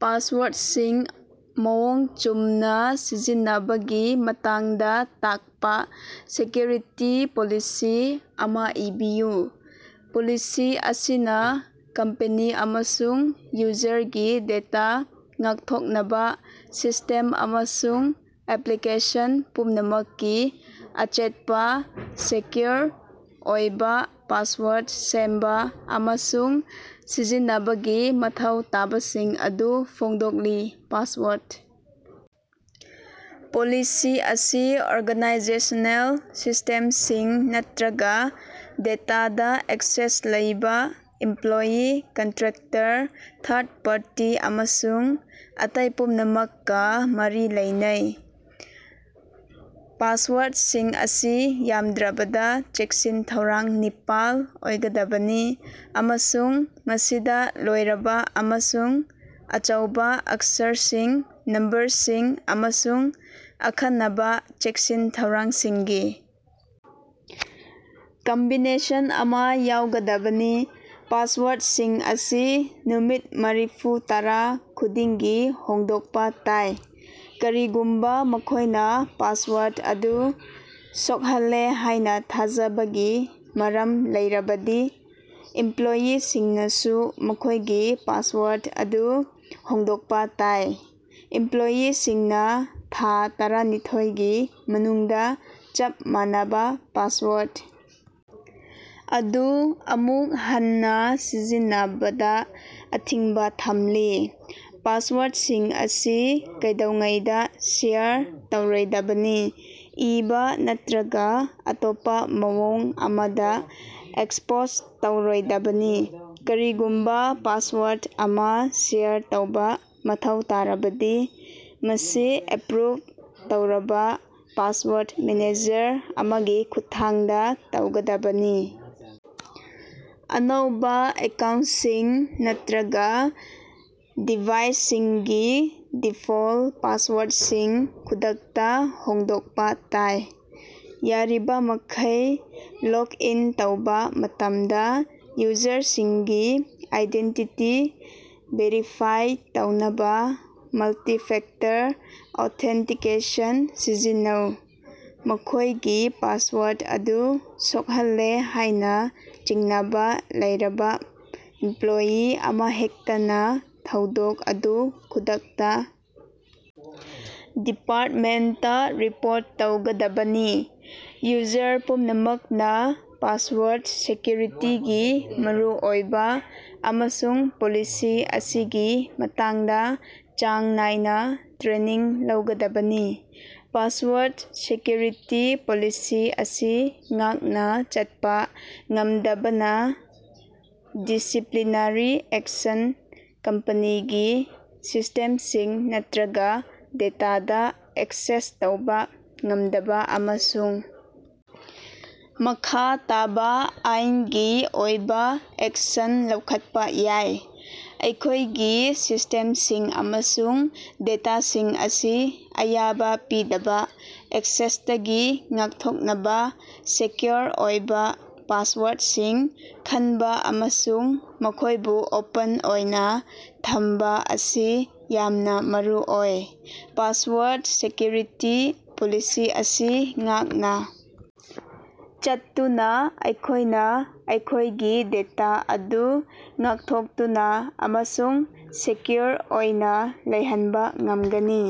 ꯄꯥꯁꯋꯥꯔꯠꯁꯤꯡ ꯃꯑꯣꯡ ꯆꯨꯝꯅꯥ ꯁꯤꯖꯤꯟꯅꯕꯒꯤ ꯃꯇꯥꯡꯗꯥ ꯇꯥꯛꯄꯥ ꯁꯦꯀ꯭ꯌꯨꯔꯤꯇꯤ ꯄꯣꯂꯤꯁꯤ ꯑꯃꯥ ꯏꯕꯤꯌꯨ꯫ ꯄꯣꯂꯤꯁꯤ ꯑꯁꯤꯅꯥ ꯀꯝꯄꯦꯅꯤ ꯑꯃꯁꯨꯡ ꯌꯨꯖꯔꯒꯤ ꯗꯦꯇꯥ ꯉꯥꯛꯊꯣꯛꯅꯕꯥ ꯁꯤꯁꯇꯦꯝ ꯑꯃꯁꯨꯡ ꯑꯦꯄ꯭ꯂꯤꯀꯦꯁꯟ ꯄꯨꯝꯅꯃꯛꯀꯤ ꯑꯆꯦꯠꯄꯥ, ꯁꯦꯀ꯭ꯌꯨꯔ ꯑꯣꯏꯕꯥ ꯄꯥꯁꯋꯥꯔꯗ ꯁꯦꯝꯕꯥ ꯑꯃꯁꯨꯡ ꯁꯤꯖꯤꯟꯅꯕꯒꯤ ꯃꯊꯧ ꯇꯥꯕꯁꯤꯡ ꯑꯗꯨ ꯐꯣꯡꯗꯣꯛꯂꯤ꯫ ꯄꯥꯁꯋꯥꯔꯗ ꯄꯣꯂꯤꯁꯤ ꯑꯁꯤ ꯑꯣꯔꯒꯥꯅꯥꯏꯖꯦꯁꯅꯦꯜ ꯁꯤꯁꯇꯦꯝꯁꯤꯡ ꯅꯠꯇ꯭ꯔꯒꯥ ꯗꯦꯇꯥꯗꯥ ꯑꯦꯛꯁꯦꯁ ꯂꯩꯕꯥ ꯏꯝꯄ꯭ꯂꯣꯌꯤ, ꯀꯟꯇ꯭ꯔꯦꯛꯇꯔ, ꯊꯥꯔꯗ ꯄꯥꯔꯇꯤ ꯑꯃꯁꯨꯡ ꯑꯇꯩ ꯄꯨꯝꯅꯃꯛꯀꯥ ꯃꯔꯤ ꯂꯩꯅꯩ꯫ ꯄꯥꯁꯋꯥꯔꯠꯁꯤꯡ ꯑꯁꯤ ꯌꯥꯝꯗ꯭ꯔꯕꯗꯥ ꯆꯦꯛꯁꯤꯟ-ꯊꯧꯔꯥꯡ ꯅꯤꯄꯥꯜ ꯑꯣꯏꯒꯗꯕꯅꯤ ꯑꯃꯁꯨꯡ ꯃꯁꯤꯗꯥ ꯂꯣꯏꯔꯕꯥ ꯑꯃꯁꯨꯡ ꯑꯆꯧꯕꯥ ꯑꯛꯁꯔꯁꯤꯡ, ꯅꯝꯕꯔꯁꯤꯡ ꯑꯃꯁꯨꯡ ꯑꯈꯟꯅꯕꯥ ꯆꯦꯛꯁꯤꯟ-ꯊꯧꯔꯥꯡꯁꯤꯡꯒꯤ ꯀꯝꯕꯤꯅꯦꯁꯟ ꯑꯃꯥ ꯌꯥꯎꯒꯗꯕꯅꯤ꯫ ꯄꯥꯁꯋꯥꯔꯠꯁꯤꯡ ꯑꯁꯤ ꯅꯨꯃꯤꯠ ꯃꯔꯤꯐꯨ ꯇꯔꯥ ꯈꯨꯗꯤꯡꯒꯤ ꯍꯣꯡꯗꯣꯛꯄꯥ ꯇꯥꯏ꯫ ꯀꯔꯤꯒꯨꯝꯕꯥ ꯃꯈꯣꯏꯅꯥ ꯄꯥꯁꯋꯥꯔꯠ ꯑꯗꯨ ꯁꯣꯛꯍꯜꯂꯦ ꯍꯥꯏꯅꯥ ꯊꯥꯖꯕꯒꯤ ꯃꯔꯝ ꯂꯩꯔꯕꯗꯤ ꯏꯝꯄ꯭ꯂꯣꯏꯌꯤꯁꯤꯡꯅꯁꯨ ꯃꯈꯣꯏꯒꯤ ꯄꯥꯁꯋꯥꯔꯠ ꯑꯗꯨ ꯍꯣꯡꯗꯣꯛꯄꯥ ꯇꯥꯏ꯫ ꯏꯝꯄ꯭ꯂꯣꯏꯌꯤꯁꯤꯡꯅꯥ ꯊꯥ ꯇꯔꯥꯅꯤꯊꯣꯏꯒꯤ ꯃꯅꯨꯡꯗꯥ ꯆꯞ ꯃꯥꯟꯅꯕꯥ ꯄꯥꯁꯋꯥꯔꯠ ꯑꯗꯨ ꯑꯃꯨꯛ ꯍꯟꯅꯥ ꯁꯤꯖꯤꯟꯅꯕꯗꯥ ꯑꯊꯤꯡꯕꯥ ꯊꯝꯂꯤ꯫ ꯄꯥꯁꯋꯥꯔꯠꯁꯤꯡ ꯑꯁꯤ ꯀꯩꯗꯧꯉꯩꯗꯥ ꯁꯦꯌꯔ ꯇꯧꯔꯣꯏꯗꯕꯅꯤ, ꯏꯕꯥ ꯅꯠꯇ꯭ꯔꯒꯥ ꯑꯇꯣꯞꯄꯥ ꯃꯑꯣꯡ ꯑꯃꯗꯥ ꯑꯦꯛꯁꯄꯣꯖ ꯇꯧꯔꯣꯏꯗꯕꯅꯤ꯫ ꯀꯔꯤꯒꯨꯝꯕꯥ ꯄꯥꯁꯋꯥꯔꯗ ꯑꯃꯥ ꯁꯦꯌꯥꯔ ꯇꯧꯕꯥ ꯃꯊꯧ ꯇꯥꯔꯕꯗꯤ, ꯃꯁꯤ ꯑꯦꯄ꯭ꯔꯨꯞ ꯇꯧꯔꯕꯥ ꯄꯥꯁꯋꯥꯔꯠ ꯃꯦꯅꯦꯖꯔ ꯑꯃꯒꯤ ꯈꯨꯠꯊꯥꯡꯗꯥ ꯇꯧꯒꯗꯕꯅꯤ꯫ ꯑꯅꯧꯕꯥ ꯑꯦꯀꯥꯎꯟꯁꯤꯡ ꯅꯠꯇ꯭ꯔꯒꯥ ꯗꯤꯚꯥꯏꯁꯁꯤꯡꯒꯤ ꯗꯤꯐꯣꯜ ꯄꯥꯁꯋꯥꯔꯠꯁꯤꯡ ꯈꯨꯗꯛꯇꯥ ꯍꯣꯡꯗꯣꯛꯄꯥ ꯇꯥꯏ꯫ ꯌꯥꯔꯤꯕꯃꯈꯩ, ꯂꯣꯛ ꯏꯟ ꯇꯧꯕꯥ ꯃꯇꯝꯗꯥ ꯌꯨꯖꯔꯁꯤꯡꯒꯤ ꯑꯥꯏꯗꯦꯟꯇꯤꯇꯤ ꯚꯦꯔꯤꯐꯥꯏ ꯇꯧꯅꯕꯥ ꯃꯜꯇꯤꯐꯦꯛꯇꯔ ꯑꯣꯊꯦꯟꯇꯤꯀꯦꯁꯟ ꯁꯤꯖꯤꯟꯅꯧ꯫ ꯃꯈꯣꯏꯒꯤ ꯄꯥꯁꯋꯥꯔꯠ ꯑꯗꯨ ꯁꯣꯛꯍꯜꯂꯦ ꯍꯥꯏꯅꯥ ꯆꯤꯡꯅꯕꯥ ꯂꯩꯔꯕꯥ ꯏꯝꯄ꯭ꯂꯣꯏꯌꯤ ꯑꯃꯍꯦꯛꯇꯅꯥ ꯊꯧꯗꯣꯛ ꯑꯗꯨ ꯈꯨꯗꯛꯇꯥ ꯗꯤꯄꯥꯔꯠꯃꯦꯟꯇꯥ ꯔꯤꯄꯣꯔꯠ ꯇꯧꯒꯗꯕꯅꯤ꯫ ꯌꯨꯖꯔ ꯄꯨꯝꯅꯃꯛꯅꯥ ꯄꯥꯁꯋꯥꯔꯠ ꯁꯦꯀ꯭ꯌꯨꯔꯤꯇꯤꯒꯤ ꯃꯔꯨꯑꯣꯏꯕꯥ ꯑꯃꯁꯨꯡ ꯄꯣꯂꯤꯁꯤ ꯑꯁꯤꯒꯤ ꯃꯇꯥꯡꯗꯥ ꯆꯥꯡ ꯅꯥꯏꯅꯥ ꯇ꯭ꯔꯦꯅꯤꯡ ꯂꯧꯒꯗꯕꯅꯤ꯫ ꯄꯥꯁꯋꯥꯔꯠ ꯁꯦꯀ꯭ꯌꯨꯔꯤꯇꯤ ꯄꯣꯂꯤꯁꯤ ꯑꯁꯤ ꯉꯥꯛꯅꯥ ꯆꯠꯄꯥ ꯉꯝꯗꯕꯅꯥ ꯗꯤꯁꯤꯄ꯭ꯂꯤꯅꯔꯤ ꯑꯦꯛꯁꯟ, ꯀꯝꯄꯅꯤꯒꯤ ꯁꯤꯁꯇꯦꯝꯁꯤꯡ ꯅꯠꯇ꯭ꯔꯒꯥ ꯗꯦꯇꯥꯗꯥ ꯑꯦꯛꯁꯦꯁ ꯇꯧꯕꯥ ꯉꯝꯗꯕꯥ ꯑꯃꯁꯨꯡ ꯃꯈꯥ ꯇꯥꯕꯥ ꯑꯥꯏꯟꯒꯤ ꯑꯣꯏꯕꯥ ꯑꯦꯛꯁꯟ ꯂꯧꯈꯠꯄꯥ ꯌꯥꯏ꯫ ꯑꯩꯈꯣꯏꯒꯤ ꯁꯤꯁꯇꯦꯝꯁꯤꯡ ꯑꯃꯁꯨꯡ ꯗꯦꯇꯥꯁꯤꯡ ꯑꯁꯤ ꯑꯌꯥꯕꯥ ꯄꯤꯗꯕꯥ ꯑꯦꯛꯁꯦꯁꯇꯒꯤ ꯉꯥꯛꯊꯣꯛꯅꯕꯥ ꯁꯦꯀ꯭ꯌꯣꯔ ꯑꯣꯏꯕꯥ ꯄꯥꯁꯋꯥꯔꯠꯁꯤꯡ ꯈꯟꯕꯥ ꯑꯃꯁꯨꯡ ꯃꯈꯣꯏꯕꯨ ꯑꯣꯄꯟ ꯑꯣꯏꯅꯥ ꯊꯝꯕꯥ ꯑꯁꯤ ꯌꯥꯝꯅꯥ ꯃꯔꯨꯑꯣꯏ꯫ ꯄꯥꯁꯋꯥꯔꯗ ꯁꯦꯀ꯭ꯌꯨꯔꯤꯇꯤ ꯄꯣꯂꯤꯁꯤ ꯑꯁꯤ ꯉꯥꯛꯅꯥ ꯆꯠꯇꯨꯅꯥ ꯑꯩꯈꯣꯏꯅꯥ ꯑꯩꯈꯣꯏꯒꯤ ꯗꯦꯇꯥ ꯑꯗꯨ ꯉꯥꯛꯊꯣꯛꯇꯨꯅꯥ ꯑꯃꯁꯨꯡ ꯁꯦꯀ꯭ꯌꯨꯔ ꯑꯣꯏꯅꯥ ꯂꯩꯍꯟꯕꯥ ꯉꯝꯒꯅꯤ꯫